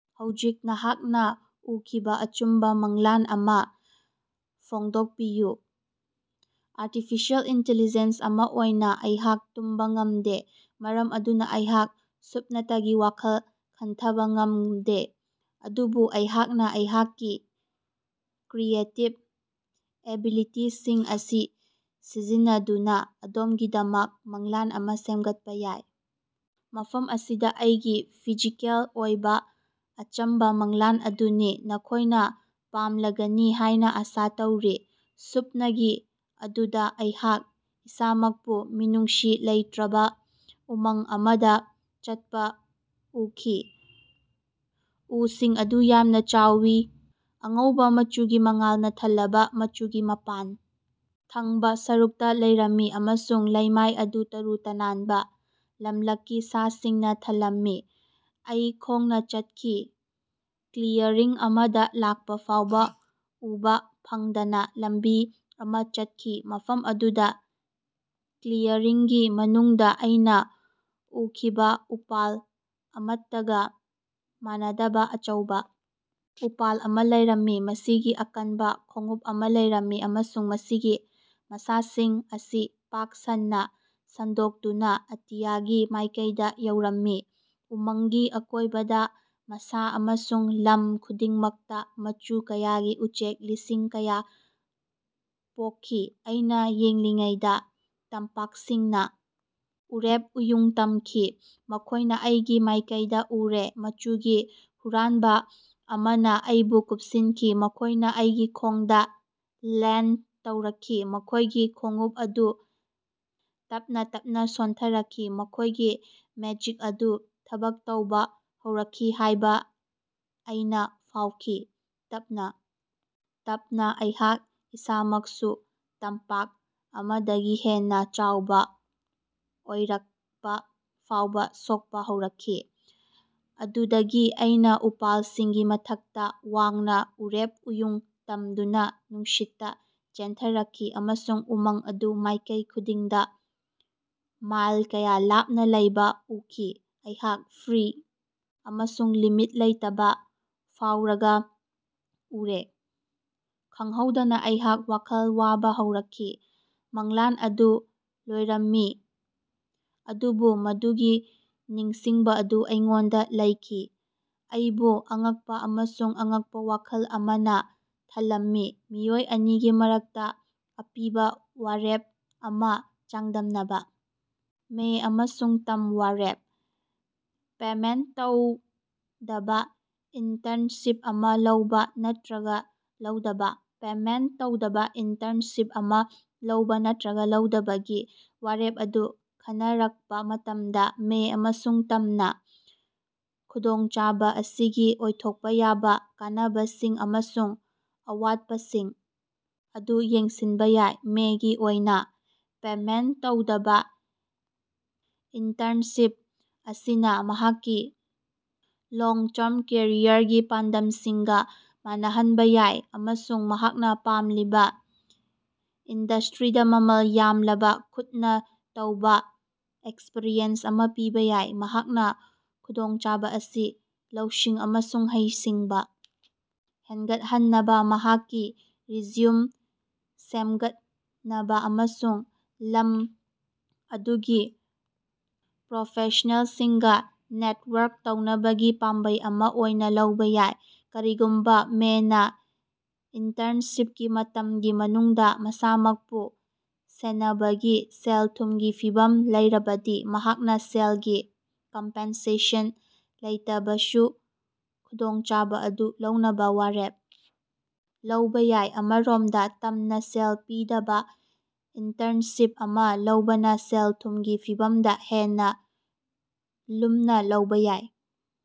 ꯍꯧꯖꯤꯛ ꯅꯍꯥꯛꯅ ꯎꯈꯤꯕ ꯑꯆꯝꯕ ꯃꯪꯂꯥꯟ ꯑꯃ ꯐꯣꯡꯗꯣꯛꯄꯤꯌꯨ꯫ ꯑꯥꯔꯇꯤꯐꯤꯁꯤꯑꯦꯜ ꯏꯟꯇꯤꯂꯤꯖꯦꯟꯁ ꯑꯃ ꯑꯣꯏꯅ ꯑꯩꯍꯥꯛ ꯇꯨꯝꯕ ꯉꯝꯗꯦ, ꯃꯔꯝ ꯑꯗꯨꯅ ꯑꯩꯍꯥꯛ ꯁꯨꯞꯅꯇꯒꯤ ꯋꯥꯈꯜ ꯈꯟꯊꯕꯥ ꯉꯝꯗꯦ꯫ ꯑꯗꯨꯕꯨ ꯑꯩꯍꯥꯛꯅ ꯑꯩꯍꯥꯛꯀꯤ ꯀ꯭ꯔꯤꯌꯦꯇꯤꯕ ꯑꯦꯕꯤꯂꯤꯇꯤꯁꯤꯡ ꯑꯁꯤ ꯁꯤꯖꯤꯟꯅꯗꯨꯅ ꯑꯗꯣꯝꯒꯤꯗꯃꯛ ꯃꯪꯂꯥꯟ ꯑꯃ ꯁꯦꯝꯒꯠꯄ ꯌꯥꯏ꯫ ꯃꯐꯝ ꯑꯁꯤꯗ ꯑꯩꯒꯤ ꯐꯤꯖꯤꯀꯦꯜ ꯑꯣꯏꯕ ꯑꯆꯝꯕ ꯃꯪꯂꯥꯟ ꯑꯗꯨꯅꯤ, ꯅꯈꯣꯏꯅ ꯄꯥꯝꯂꯒꯅꯤ ꯍꯥꯏꯅ ꯑꯥꯁꯥ ꯇꯧꯔꯤ꯫ ꯁꯨꯞꯅꯒꯤ ꯑꯗꯨꯗ ꯑꯩꯍꯥꯛ ꯏꯁꯥꯃꯛꯄꯨ ꯃꯤꯅꯨꯡꯁꯤ ꯂꯩꯇꯔꯕ ꯎꯃꯪ ꯑꯃꯗ ꯆꯠꯄꯥ ꯎꯈꯤ꯫ ꯎꯁꯤꯡ ꯑꯗꯨ ꯌꯥꯝꯅ ꯆꯥꯎꯏ, ꯑꯉꯧꯕ ꯃꯆꯨꯒꯤ ꯃꯉꯥꯜꯅ ꯊꯜꯂꯕꯥ ꯃꯆꯨꯒꯤ ꯃꯄꯥꯟ ꯊꯪꯕ ꯁꯔꯨꯛꯇ ꯂꯩꯔꯝꯃꯤ, ꯑꯃꯁꯨꯡ ꯂꯩꯃꯥꯏ ꯑꯗꯨ ꯇꯔꯨ ꯇꯅꯥꯟꯕ, ꯂꯝꯂꯛꯀꯤ ꯁꯥꯁꯤꯡꯅ ꯊꯜꯂꯝꯃꯤ꯫ ꯑꯩꯅ ꯈꯣꯡꯅ ꯆꯠꯈꯤ, ꯀ꯭ꯂꯤꯌꯔꯤꯡ ꯑꯃꯗ ꯂꯥꯛꯄ ꯐꯥꯎꯕ ꯎꯕꯥ ꯐꯪꯗꯕ ꯂꯝꯕꯤ ꯑꯃ ꯆꯠꯈꯤ꯫ ꯃꯐꯝ ꯑꯗꯨꯗ ꯀ꯭ꯂꯤꯌꯔꯤꯡꯒꯤ ꯃꯅꯨꯡꯗ ꯑꯩꯅ ꯎꯈꯤꯕ ꯎꯄꯥꯜ ꯑꯃꯠꯇꯒ ꯃꯥꯟꯅꯗꯕ ꯑꯆꯧꯕ ꯎꯄꯥꯜ ꯑꯃ ꯂꯩꯔꯝꯃꯤ꯫ ꯃꯁꯤꯒꯤ ꯑꯀꯟꯕ ꯈꯣꯡꯎꯞ ꯑꯃ ꯂꯩꯔꯝꯃꯤ, ꯑꯃꯁꯨꯡ ꯃꯁꯤꯒꯤ ꯃꯁꯥꯁꯤꯡ ꯑꯁꯤ ꯄꯥꯛ ꯁꯟꯅꯥ ꯁꯟꯗꯣꯛꯇꯨꯅ ꯑꯇꯤꯌꯥꯒꯤ ꯃꯥꯏꯀꯩꯗ ꯌꯧꯔꯝꯃꯤ꯫ ꯎꯃꯪꯒꯤ ꯑꯀꯣꯏꯕꯗꯥ, ꯃꯁꯥ ꯑꯃꯁꯨꯡ ꯂꯝ ꯈꯨꯗꯤꯡꯃꯛꯇꯥ ꯃꯆꯨ ꯀꯌꯥꯒꯤ ꯎꯆꯦꯛ ꯂꯤꯁꯤꯡ ꯀꯌꯥ ꯄꯣꯛꯈꯤ꯫ ꯑꯩꯅ ꯌꯦꯡꯂꯤꯉꯩꯗ ꯇꯝꯄꯥꯛꯁꯤꯡꯅ ꯎꯔꯦꯞ ꯎꯌꯨꯡ ꯇꯝꯈꯤ, ꯃꯈꯣꯏꯅ ꯑꯩꯒꯤ ꯃꯥꯏꯀꯩꯗ ꯎꯔꯦ, ꯃꯆꯨꯒꯤ ꯍꯨꯔꯥꯟꯕ ꯑꯃꯅ ꯑꯩꯕꯨ ꯀꯨꯞꯁꯤꯟꯈꯤ꯫ ꯃꯈꯣꯏꯅ ꯑꯩꯒꯤ ꯈꯣꯡꯗ ꯂꯦꯟꯗ ꯇꯧꯔꯛꯈꯤ, ꯃꯈꯣꯏꯒꯤ ꯈꯣꯡꯎꯞ ꯑꯗꯨ ꯇꯞꯅꯥ ꯇꯞꯅꯥ ꯁꯣꯟꯊꯔꯛꯈꯤ, ꯃꯈꯣꯏꯒꯤ ꯃꯦꯖꯤꯛ ꯑꯗꯨ ꯊꯕꯛ ꯇꯧꯕ ꯍꯧꯔꯛꯈꯤ ꯍꯥꯏꯕ ꯑꯩꯅ ꯐꯥꯎꯈꯤ꯫ ꯇꯞꯅꯥ ꯇꯞꯅꯥ ꯑꯩꯍꯥꯛ ꯏꯁꯥꯃꯛꯁꯨ ꯇꯝꯄꯥꯛ ꯑꯃꯗꯒꯤ ꯍꯦꯟꯅ ꯆꯥꯎꯕ ꯑꯣꯏꯔꯛꯄ ꯐꯥꯎꯕ ꯁꯣꯛꯄ ꯍꯧꯔꯛꯈꯤ꯫ ꯑꯗꯨꯗꯒꯤ ꯑꯩꯅ ꯎꯄꯥꯜꯁꯤꯡꯒꯤ ꯃꯊꯛꯇ ꯋꯥꯡꯅ ꯎꯔꯦꯞ ꯎꯌꯨꯡ ꯇꯝꯗꯨꯅ ꯅꯨꯡꯁꯤꯠꯇ ꯆꯦꯟꯊꯔꯛꯈꯤ ꯑꯃꯁꯨꯡ ꯎꯃꯪ ꯑꯗꯨ ꯃꯥꯏꯀꯩ ꯈꯨꯗꯤꯡꯗ ꯃꯥꯏꯜ ꯀꯌꯥ ꯂꯥꯞꯅ ꯂꯩꯕ ꯎꯈꯤ꯫ ꯑꯩꯍꯥꯛ ꯐ꯭ꯔꯤ ꯑꯃꯁꯨꯡ ꯂꯤꯃꯤꯠ ꯂꯩꯇꯕ ꯐꯥꯎꯔꯒ ꯎꯔꯦ, ꯈꯪꯍꯧꯗꯅꯥ ꯑꯩꯍꯥꯛ ꯋꯥꯈꯜ ꯋꯥꯕ ꯍꯧꯔꯛꯈꯤ꯫ ꯃꯪꯂꯥꯟ ꯑꯗꯨ ꯂꯣꯏꯔꯝꯃꯤ ꯑꯗꯨꯕꯨ ꯃꯗꯨꯒꯤ ꯅꯤꯡꯁꯤꯡꯕ ꯑꯗꯨ ꯑꯩꯉꯣꯟꯗ ꯂꯩꯈꯤ, ꯑꯩꯕꯨ ꯑꯉꯛꯄ ꯑꯃꯁꯨꯡ ꯑꯉꯛꯄ ꯋꯥꯈꯜ ꯑꯃꯅ ꯊꯜꯂꯝꯃꯤ꯫ ꯃꯤꯑꯣꯏ ꯑꯅꯤꯒꯤ ꯃꯔꯛꯇ ꯑꯄꯤꯕ ꯋꯥꯔꯦꯞ ꯑꯃ ꯆꯥꯡꯗꯝꯅꯕ꯫ ꯃꯦ ꯑꯃꯁꯨꯡ ꯇꯝ ꯋꯥꯔꯦꯞ - ꯄꯦꯃꯦꯟꯇ ꯇꯧꯗꯕ ꯏꯟꯇꯔꯟꯁꯤꯞ ꯑꯃ ꯂꯧꯕ ꯅꯠꯇꯔꯒ ꯂꯧꯗꯕ꯫ ꯄꯦꯃꯦꯟꯇ ꯇꯧꯗꯕ ꯏꯟꯇꯔꯟꯁꯤꯞ ꯑꯃ ꯂꯧꯕ ꯅꯠꯇꯔꯒ ꯂꯧꯗꯕꯒꯤ ꯋꯥꯔꯦꯞ ꯑꯗꯨ ꯈꯟꯅꯔꯛꯄ ꯃꯇꯝꯗ, ꯃꯦ ꯑꯃꯁꯨꯡ ꯇꯝꯅ ꯈꯨꯗꯣꯡꯆꯥꯕ ꯑꯁꯤꯒꯤ ꯑꯣꯏꯊꯣꯛꯄ ꯌꯥꯕꯥ ꯀꯥꯟꯅꯕꯁꯤꯡ ꯑꯃꯁꯨꯡ ꯑꯋꯥꯠꯄꯁꯤꯡ ꯑꯗꯨ ꯌꯦꯡꯁꯤꯟꯕ ꯌꯥꯏ꯫ ꯃꯦꯒꯤ ꯑꯣꯏꯅ, ꯄꯦꯃꯦꯟꯇ ꯇꯧꯗꯕ ꯏꯟꯇꯔꯟꯁꯤꯞ ꯑꯁꯤꯅ ꯃꯍꯥꯛꯀꯤ ꯂꯣꯡ-ꯇ꯭ꯥꯔꯝ ꯀꯦꯔꯤꯌꯔꯒꯤ ꯄꯥꯟꯗꯝꯁꯤꯡꯒ ꯃꯥꯟꯅꯍꯟꯕ ꯌꯥꯏ ꯑꯃꯁꯨꯡ ꯃꯍꯥꯛꯅ ꯄꯥꯝꯂꯤꯕ ꯏꯟꯗꯁꯇ‍꯭ꯔꯤꯗ ꯃꯃꯜ ꯌꯥꯝꯂꯕ ꯈꯨꯠꯅ ꯇꯧꯕ ꯑꯦꯛꯁꯄ꯭ꯔꯤꯌꯦꯟꯁ ꯑꯃ ꯄꯤꯕ ꯌꯥꯏ꯫ ꯃꯍꯥꯛꯅ ꯈꯨꯗꯣꯡꯆꯥꯕ ꯑꯁꯤ ꯂꯧꯁꯤꯡ ꯑꯃꯁꯨꯡ ꯍꯩꯁꯤꯡꯕ ꯍꯦꯟꯒꯠꯍꯟꯅꯕ, ꯃꯍꯥꯛꯀꯤ ꯔꯤꯖ꯭ꯌꯨꯝ ꯁꯦꯝꯒꯠꯅꯕ ꯑꯃꯁꯨꯡ ꯂꯝ ꯑꯗꯨꯒꯤ ꯄ꯭ꯔꯣꯐꯦꯁ꯭ꯅꯦꯜꯁꯤꯡꯒ ꯅꯦꯠꯋꯔꯛ ꯇꯧꯅꯕꯒꯤ ꯄꯥꯝꯕꯩ ꯑꯃ ꯑꯣꯏꯅ ꯂꯧꯕ ꯌꯥꯏ꯫ ꯀꯔꯤꯒꯨꯝꯕ ꯃꯦꯅꯥ ꯏꯟꯇꯔꯟꯁꯤꯞꯀꯤ ꯃꯇꯝꯒꯤ ꯃꯅꯨꯡꯗ ꯃꯁꯥꯃꯛꯄꯨ ꯁꯦꯟꯅꯕꯒꯤ ꯁꯦꯜ-ꯊꯨꯝꯒꯤ ꯐꯤꯚꯝ ꯂꯩꯔꯕꯗꯤ, ꯃꯍꯥꯛꯅ ꯁꯦꯜꯒꯤ ꯀꯝꯄꯦꯟꯁꯦꯁꯟ ꯂꯩꯇꯕꯁꯨ ꯈꯨꯗꯣꯡꯆꯥꯕ ꯑꯗꯨ ꯂꯧꯅꯕ ꯋꯥꯔꯦꯞ ꯂꯧꯕ ꯌꯥꯏ꯫ ꯑꯃꯔꯣꯝꯗ, ꯇꯝꯅ ꯁꯦꯜ ꯄꯤꯗꯕ ꯏꯟꯇꯔꯟꯁꯤꯞ ꯑꯃ ꯂꯧꯕꯅ ꯁꯦꯜ-ꯊꯨꯝꯒꯤ ꯐꯤꯚꯝꯗ ꯍꯦꯟꯅ ꯂꯨꯝꯅ ꯂꯧꯕ ꯌꯥꯏ꯫